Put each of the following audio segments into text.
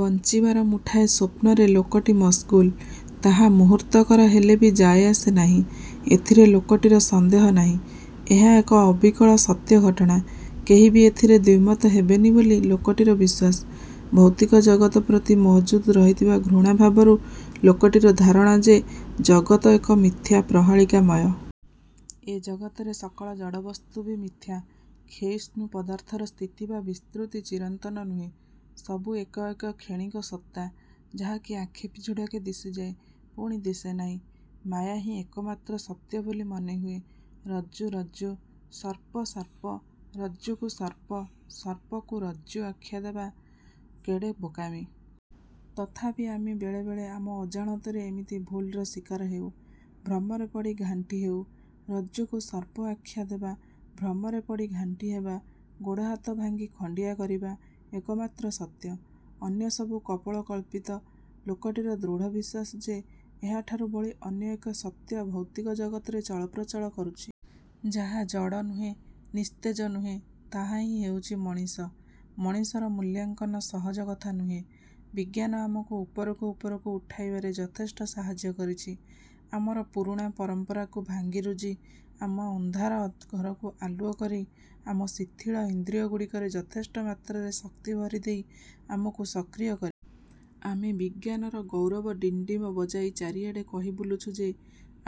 ବଞ୍ଚିବାର ମୁଠାଏ ସ୍ୱପ୍ନରେ ଲୋକଟି ମଜ୍ଗୁଲ୍। ତାହା ମୁହୂର୍ତ୍ତକର ହେଲେବି ଯାଏ ଆସେ ନାହିଁ। ଏଥିରେ ଲୋକଟିର ସନ୍ଦେହ ନାହିଁ। ଏହା ଏକ ଅବିକଳ ସତ୍ୟ ଘଟଣା। କେହି ବି ଏଥିରେ ଦ୍ୱିମତ ହେବେନି ବୋଲି ଲୋକଟିର ବିଶ୍ୱାସ। ଭୌତିକ ଜଗତ ପ୍ରତି ମହଜୁଦ୍ ରହିଥିବା ଘୃଣାଭାବରୁ ଲୋକଟିର ଧାରଣ ଯେ ଜଗତ ଏକ ମିଥ୍ୟା, ପ୍ରହେଳିକା ମୟ। ଏ ଜଗତରେ ସକଳ ଜଡ଼ବସ୍ତୁ ବି ମିଥ୍ୟା। କ୍ଷୟିଷ୍ଣୁ ପଦାର୍ଥର ସ୍ଥିତି ବା ବିସ୍ତୃତି ଚିରନ୍ତନ ନୁହେଁ। ସବୁ ଏକ ଏକ କ୍ଷଣିକ ସତ୍ତା; ଯାହାକି ଆଖି ପିଛୁଡ଼ାକେ ଦିଶିଯାଏ। ପୁଣି ଦିଶେ ନାହିଁ। ମାୟାହିଁ ଏକମାତ୍ର ସତ୍ୟବୋଲି ମନେହୁଏ। ରଜ୍ଜୁ: ରଜ୍ଜୁ:। ସର୍ପ: ସର୍ପ: ରଜ୍ଜୁକୁ ସର୍ପ, ସର୍ପକୁ ରଜ୍ଜୁ ଆଖ୍ୟା ଦେବା କେଡ଼େ ବୋକାମି-। ତଥାପି ଆମେ ବେଳେବେଳେ ଆମ ଅଜାଣତରେ ଏମିତି ଭୁଲ୍ର ଶିକାର ହେଉ-। ଭ୍ରମରେ ପଡ଼ି ଘାଣ୍ଟି ହେଉ। ରଜ୍ଜୁକୁ ସର୍ପ ଆଖ୍ୟା ଦେବା, ଭ୍ରମରେ ପଡ଼ି ଘାଣ୍ଟିହେବା, ଗୋଡ଼ ହାତ ଭାଙ୍ଗି ଖଣ୍ଡିଆ କରିବା ଏକମାତ୍ର ସତ୍ୟ। ଅନ୍ୟ ସବୁ କପୋଳକଳ୍ପିତ। ଲୋକଟିର ଦୃଢ଼ ବିଶ୍ୱାସ ଯେ ଏହାଠାରୁ ବଳି ଅନ୍ୟ ଏକ ସତ୍ୟ ଭୌତିକ ଜଗତରେ ଚଳପ୍ରଚଳ କରୁଛି। ଯାହା ଜଡ଼ ନୁହେଁ, ନିସ୍ତେଜ ନୁହେଁ। ତାହାହିଁ ହେଉଛି ମଣିଷ। ମଣିଷର ମୂଲ୍ୟାଙ୍କନ ସହଜ କଥା ନୁହେଁ। ବିଜ୍ଞାନ ଆମକୁ ଉପରକୁ ଉପରକୁ ଉଠାଇବାରେ ଯଥେଷ୍ଟ ସାହାଯ୍ୟ କରିଛି। ଆମର ପୁରୁଣା ପରମ୍ପରାକୁ ଭାଙ୍ଗିରୁଜି, ଆମ ଅନ୍ଧାର ଘରକୁ ଆଲୁଅ କରି ଆମ ଶିଥିଳ ଇନ୍ଦ୍ରିୟଗୁଡ଼ିକରେ ଯଥେଷ୍ଟ ମାତ୍ରାରେ ଶକ୍ତି ଭରିଦେଇ ଆମକୁ ସକ୍ରିୟ କରିଛି। ଆମେ ବିଜ୍ଞାନର ଗୌରବ ଡିଣ୍ଡିମ ବଜାଇ ଚାରିଆଡ଼େ କହି ବୁଲୁଛୁ ଯେ,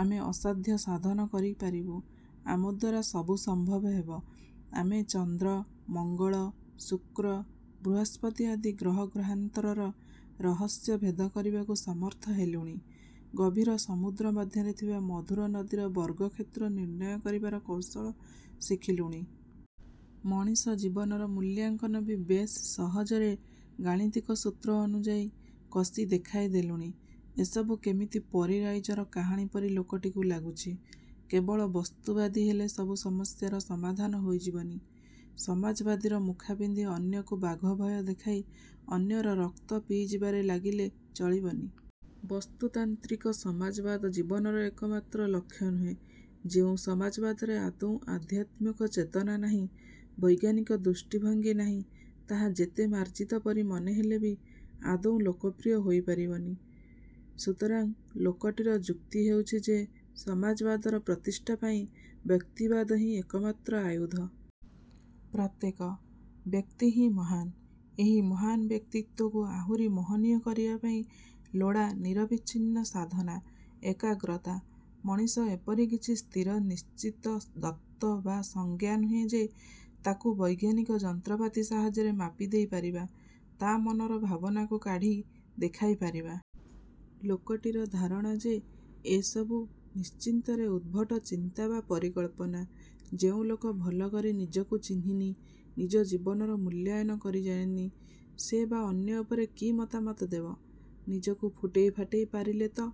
'ଆମେ ଅସାଧ୍ୟ ସାଧନ କରି ପାରିବୁ। ଆମଦ୍ୱାରା ସବୁ ସମ୍ଭବ ହେବ। ' ଆମେ ଚନ୍ଦ୍ର, ମଙ୍ଗଳ, ଶୁକ୍ର, ବୃହସ୍ପତି ଆଦି ଗ୍ରହ ଗ୍ରହାନ୍ତରର ରହସ୍ୟ ଭେଦ କରିବାକୁ ସମର୍ଥ ହେଲୁଣି। ଗଭୀର ସମୁଦ୍ର ମଧ୍ୟରେ ଥିବା ମଧୁର ନଦୀର ବର୍ଗକ୍ଷେତ୍ର ନିର୍ଣ୍ଣୟ କରିବାର କୌଶଳ ଶିଖିଲୁଣି। ମଣିଷ ଜୀବନର ମୂଲ୍ୟାଙ୍କନ ବି ବେଶ୍ ସହଜରେ ଗାଣିତିକ ସୂତ୍ର ଅନୁଯାୟୀ କଷି ଦେଖାଇ ଦେଲୁଣି। ଏସବୁ କେମିତି ପରୀ-ରାଇଜର କାହାଣୀ ପରି ଲୋକଟିକୁ ଲାଗୁଛି। କେବଳ ବସ୍ତୁବାଦୀ ହେଲେ ସବୁ ସମସ୍ୟାର ସମାଧାନ ହୋଇଯିବନି। ସମାଜବାଦୀର ମୁଖା ପିନ୍ଧି ଅନ୍ୟକୁ ବାଘଭୟ ଦେଖାଇ ଅନ୍ୟର ରକ୍ତ ପିଇଯିବାରେ ଲାଗିଲେ ଚଳିବନି। ବସ୍ତୁତାନ୍ତ୍ରିକ ସମାଜବାଦ ଜୀବନର ଏକମାତ୍ର ଲକ୍ଷ୍ୟ ନୁହେଁ। ଯେଉଁ ସମାଜବାଦରେ ଆଦୌ ଆଧ୍ୟାତ୍ମିକ ଚେତନା ନାହିଁ, ବୈଜ୍ଞାନିକ ଦୃଷ୍ଟିଭଙ୍ଗୀ ନାହିଁ, ତାହା ଯେତେ ମାର୍ଜିତ ପରି ମନେ ହେଲେବି ଆଦୌ ଲୋକପ୍ରିୟ ହୋଇ ପାରିବନି। ସୁତରାଂ ଲୋକଟିର ଯୁକ୍ତି ହେଉଛି ଯେ ସମାଜବାଦର ପ୍ରତିଷ୍ଠା ପାଇଁ ବ୍ୟକ୍ତିବାଦହିଁ ଏକମାତ୍ର ଆୟୁଧ। ପ୍ରତ୍ୟେକ। ବ୍ୟକ୍ତିହିଁ ମହାନ୍। ଏହି ମହାନ୍ ବ୍ୟକ୍ତିତ୍ୱକୁ ଆହୁରି ମହନୀୟ କରିବା ପାଇଁ ଲୋଡ଼ା ନିରବଚ୍ଛିନ୍ନ ସାଧନା, ଏକାଗ୍ରତା। ମଣିଷ ଏପରି କିଛି ସ୍ଥିର ନିଶ୍ଚିତ ଦତ୍ତ ବା ସଂଜ୍ଞା ନୁହେଁ ଯେ ତାକୁ ବୈଜ୍ଞାନିକ ଯନ୍ତ୍ରପାତି ସାହାଯ୍ୟରେ ମାପି ଦେଇ ପାରିବା। ତା' ମନର ଭାବନାକୁ କାଢ଼ି ଦେଖାଇ ପାରିବା। ଲୋକଟିର ଧାରଣା ଯେ ଏ ସବୁ ନିଶ୍ଚିତରେ ଉଦ୍ଭଟ ଚିନ୍ତା ବା ପରିକଳ୍ପନା। ଯେଉଁ ଲୋକ ଭଲ କରି ନିଜକୁ ଚିହ୍ନିନି, ନିଜ ଜୀବନର ମୂଲ୍ୟାୟନ କରିଜାଣିନି, ସେ ବା' ଅନ୍ୟ ଉପରେ କି ମତାମତ ଦେବ? ନିଜକୁ ଫୁଟେଇ ଫାଟେଇ ପାରିଲେତ